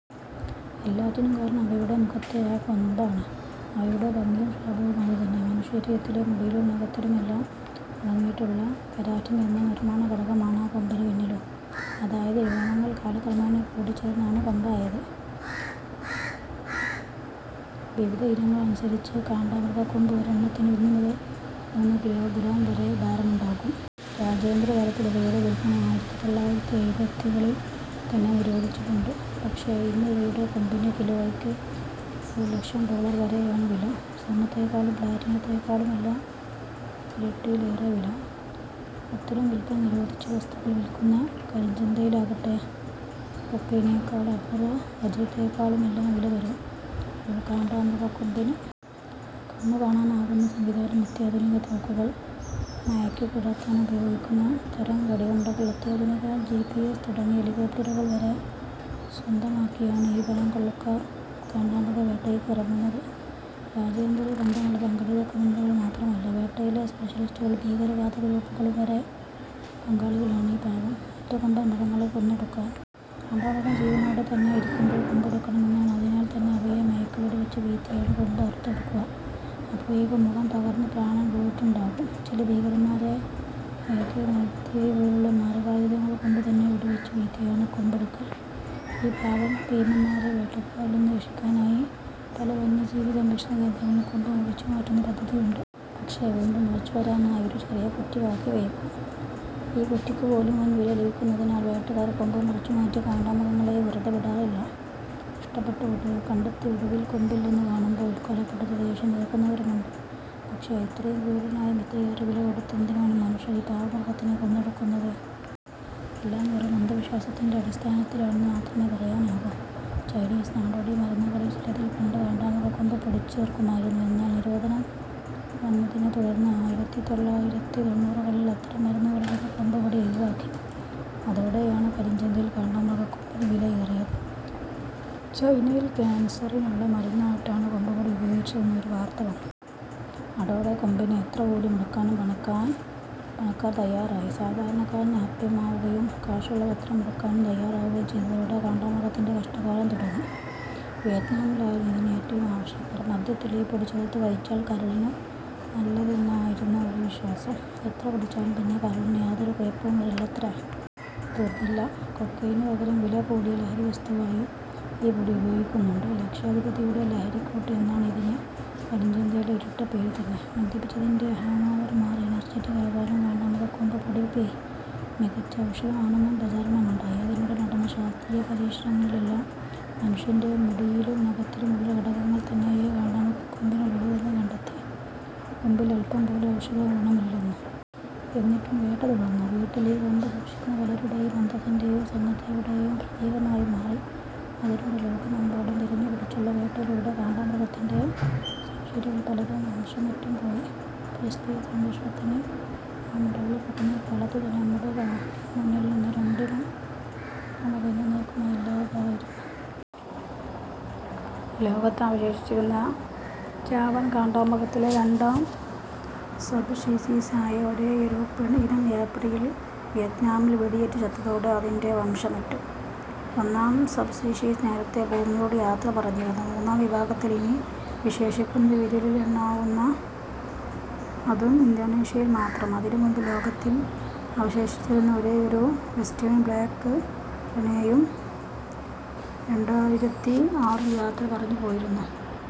എല്ലാറ്റിനും കാരണം അവയുടെ മുഖത്തെ ആ ' കൊമ്പാണ് '; അവയുടെ ഭംഗിയും ശാപവും അതു തന്നെ. മനുഷ്യ ശരീരത്തിലെ മുടിയിലും നഖത്തിലുമെല്ലാം അടങ്ങിയിട്ടുള്ള കെരാറ്റിൻ എന്ന നിർമാണഘടകമാണ് ആ കൊമ്പിനു പിന്നിലും. അതായത് രോമങ്ങൾ കാലക്രമേണ കൂടിച്ചേർന്നാണ് കൊമ്പായത്. വിവിധ ഇനങ്ങളനുസരിച്ച് കാണ്ടാമൃഗക്കൊമ്പ് ഒരെണ്ണത്തിന് ഒന്നു മുതൽ മൂന്നു കിലോഗ്രാം വരെ ഭാരമുണ്ടാകും. രാജ്യാന്തരതലത്തിൽ ഇവയുടെ വിൽപന ആയിരത്തിതൊള്ളായിരത്തിഎഴുപതുകളിൽത്തന്നെ നിരോധിച്ചിട്ടുണ്ട്. പക്ഷേ ഇന്ന് ഇവയുടെ കൊമ്പിന് കിലോയ്ക്ക് ഒരു ലക്ഷം ഡോളർ വരെയാണു വില. സ്വർണത്തേക്കാളും പ്ലാറ്റിനത്തെക്കാളുമെല്ലാം ഇരട്ടിയിലേറെ വില. ഇത്തരം വിൽപന നിരോധിച്ച വസ്തുക്കൾ വിൽക്കുന്ന ' കരിഞ്ചന്ത'യിലാകട്ടെ കൊക്കെയ്നെക്കാളും അപൂർവ വജ്രത്തെക്കാളുമെല്ലാം വില വരും ഒരു കാണ്ടാമൃഗക്കൊമ്പിന്. കണ്ണുകാണാനാകുന്ന സംവിധാനം, അത്യാധുനിക തോക്കുകൾ, മയക്കിക്കിടത്താനുപയോഗിക്കുന്ന തരം വെടിയുണ്ടകൾ, അത്യാധുനിക ജിപിഎസ് തുടങ്ങി ഹെലികോപ്റ്ററുകൾ വരെ സ്വന്തമാക്കിയാണ് ഈ വനംകൊള്ളക്കാർ കാണ്ടാമൃഗവേട്ടയ്ക്കിറങ്ങുന്നത്. രാജ്യാന്തര ബന്ധമുള്ള സംഘടിത ക്രിമിനലുകൾ മാത്രമല്ല, വേട്ടയിലെ സ്പെഷലിസ്റ്റുകളും ഭീകരവാദ ഗ്രൂപ്പുകളും വരെ പങ്കാളികളാണ് ഈ പാവം ' ഒറ്റക്കൊമ്പൻ ' മൃഗങ്ങളെ കൊന്നൊടുക്കാൻ. കാണ്ടാമൃഗം ജീവനോടെ തന്നെയിരിക്കുമ്പോൾ കൊമ്പെടുക്കണമെന്നാണ്. അതിനാൽത്തന്നെ അവയെ മയക്കുവെടി വച്ചു വീഴ്ത്തിയാണ് കൊമ്പ് അറുത്തെടുക്കുക. അപ്പോഴേക്കും മുഖം തകർന്ന് പ്രാണൻ പോയിട്ടുണ്ടാകും. ചില ഭീമാകാരന്മാരെ എകെ നാല്പത്തിയേഴു പോലുള്ള മാരകായുധങ്ങൾ കൊണ്ടു തന്നെ വെടിവച്ചു വീഴ്ത്തിയാണ് കൊമ്പെടുക്കൽ. ഈ പാവം ' ഭീമന്മാരെ ' വേട്ടക്കാരിൽ നിന്ന് രക്ഷിക്കാനായി പല വന്യജീവി സംരക്ഷണ കേന്ദ്രങ്ങളിലും കൊമ്പ് മുറിച്ചുമാറ്റുന്ന പദ്ധതിയുണ്ട്. പക്ഷേ വീണ്ടും മുളച്ചു വരാനായി ഒരു ചെറിയ ' കുറ്റി ' ബാക്കി വയ്ക്കും. ഈ കുറ്റിക്കു പോലും വൻവില ലഭിക്കുന്നതിനാൽ വേട്ടക്കാർ കൊമ്പ് മുറിച്ചുമാറ്റിയ കാണ്ടാമൃഗങ്ങളെയും വെറുതെവിടാറില്ല. കഷ്ടപ്പെട്ട് കണ്ടെത്തി ഒടുവിൽ കൊമ്പില്ലെന്നു കാണുമ്പോൾ കൊലപ്പെടുത്തി ദേഷ്യം തീർക്കുന്നവരുമുണ്ട്. പക്ഷേ ഇത്രയും ക്രൂരമായി, ഇത്രയേറെ വില കൊടുത്ത് എന്തിനാണ് മനുഷ്യർ ഈ പാവം മൃഗത്തിന്റെ കൊമ്പെടുക്കുന്നത്? എല്ലാം വെറും അന്ധവിശ്വാസത്തിന്റെ അടിസ്ഥാനത്തിലാണെന്നു മാത്രമേ പറയാനാകൂ. ചൈനീസ് നാടോടിമരുന്നുകളിൽ ചിലതിൽ പണ്ട് കാണ്ടാമൃഗക്കൊമ്പ് പൊടിച്ചു ചേർക്കുമായിരുന്നു. എന്നാല് നിരോധനം വന്നതിനെത്തുടർന്ന്ആയിരത്തിതൊള്ളായിരത്തിത്തൊണ്ണൂറുകളിൽ അത്തരം മരുന്നുകളിൽ നിന്ന് ' കൊമ്പുപൊടി ' ഒഴിവാക്കി. അതോടെയാണ് കരിഞ്ചന്തയിൽ കാണ്ടാമൃഗക്കൊമ്പിന് വിലയേറിയത്. ചൈനയിൽ കാൻസറിനുള്ള മരുന്നായിട്ടാണ് കൊമ്പുപൊടി ഉപയോഗിച്ചതെന്ന് ഒരു വാർത്ത വന്നു. അതോടെ കൊമ്പിന് എത്ര കോടി മുടക്കാനും പണക്കാർ തയാറായി. സാധാരണക്കാരന് അപ്രാപ്യമാവുകയും കാശുള്ളവർ എത്ര മുടക്കാനും തയാറാവുകയും ചെയ്തതോടെ കാണ്ടാമൃഗത്തിന്റെ കഷ്ടകാലം തുടങ്ങി. വിയറ്റ്നാമിലായിരുന്നു ഇതിന് ഏറ്റവും ആവശ്യക്കാർ. മദ്യത്തിൽ ഈ പൊടി ചേർത്തു കഴിച്ചാൽ കരളിനു നല്ലതെന്നായിരുന്നു ഒരു വിശ്വാസം. എത്ര കുടിച്ചാലും പിന്നെ കരളിന് യാതൊരു കുഴപ്പവും വരില്ലത്രേ! തീർന്നില്ല, കൊക്കെയ്നു പകരം വില കൂടിയ ലഹരി വസ്തുവായും ഈ പൊടി ഉപയോഗിക്കുന്നുണ്ട്. ' ലക്ഷാധിപതിയുടെ ലഹരിക്കൂട്ട് ' എന്നാണ് ഇതിന് കരിഞ്ചന്തയിലെ ഇരട്ടപ്പേരു തന്നെ. മദ്യപിച്ചതിന്റെ ഹാങ് ഓവർ മാറി ' എനർജറ്റിക് ' ആകാനും കാണ്ടാമൃഗക്കൊമ്പ് പൊടി മികച്ച ഔഷധമാണെന്നും പ്രചാരണമുണ്ടായി. അതിനിടെ നടന്ന ശാസ്ത്രീയ പരീക്ഷണങ്ങളിലെല്ലാം മനുഷ്യന്റെ മുടിയിലും നഖത്തിലുമുള്ള ഘടകങ്ങൾ തന്നെയേ കാണ്ടാമൃഗക്കൊമ്പിലുമുള്ളതെന്നു കണ്ടെത്തി, കൊമ്പിന് അൽപം പോലും ഔഷധഗുണമില്ലെന്നും. എന്നിട്ടും വേട്ട തുടർന്നു. വീട്ടിൽ ഈ കൊമ്പ് സൂക്ഷിക്കുന്നത് പലരുടെയും അന്തസ്സിന്റെയും സമ്പന്നതയുടെയും പ്രതീകമായും മാറി. അതിനിടെ ലോകമെമ്പാടും തിരഞ്ഞുപിടിച്ചുള്ള വേട്ടയിലൂടെ കാണ്ടാമൃഗത്തിന്റെ സബ്സ്പീഷീസുകളിൽ പലതും വംശമറ്റും പോയി. പരിസ്ഥിതി സംരക്ഷണത്തിന് നാം മുറവിളി കൂട്ടുന്ന ഈ കാലത്തു തന്നെ നമ്മുടെ കണ്മുന്നിൽ നിന്ന് രണ്ടിനം കാണ്ടാമൃഗങ്ങൾ എന്നന്നേക്കുമായി ഇല്ലാതായിരുന്നു. ലോകത്ത് അവശേഷിച്ചിരുന്ന'ജാവൻ കാണ്ടാമൃഗ'ത്തിലെ രണ്ടാം സബ് സ്പീഷീസ് ആയ ഒരേയൊരു പെൺ ഇനം ഏപ്രിലിൽ വിയ്റ്റ്നാമിൽ വെടിയേറ്റു ചത്തതോടെ അതിന്റെ വംശമറ്റു. ഒന്നാം സബ്സ്പീഷീസ് നേരത്തേ ഭൂമിയോടു യാത്ര പറഞ്ഞിരുന്നു. മൂന്നാം വിഭാഗത്തിൽ ഇനി ശേഷിക്കുന്നത് വിരലിലെണ്ണാവുന്നവ, അതും ഇന്തൊനീഷ്യയിൽ മാത്രം. അതിനു മുൻപ് ലോകത്തിൽ അവശേഷിച്ചിരുന്ന ഒരേയൊരു ' വെസ്റ്റേൺ ബ്ലാക് റൈനോ'യും രണ്ടായിരത്തിആറിൽ യാത്ര പറഞ്ഞു പോയിരുന്നു.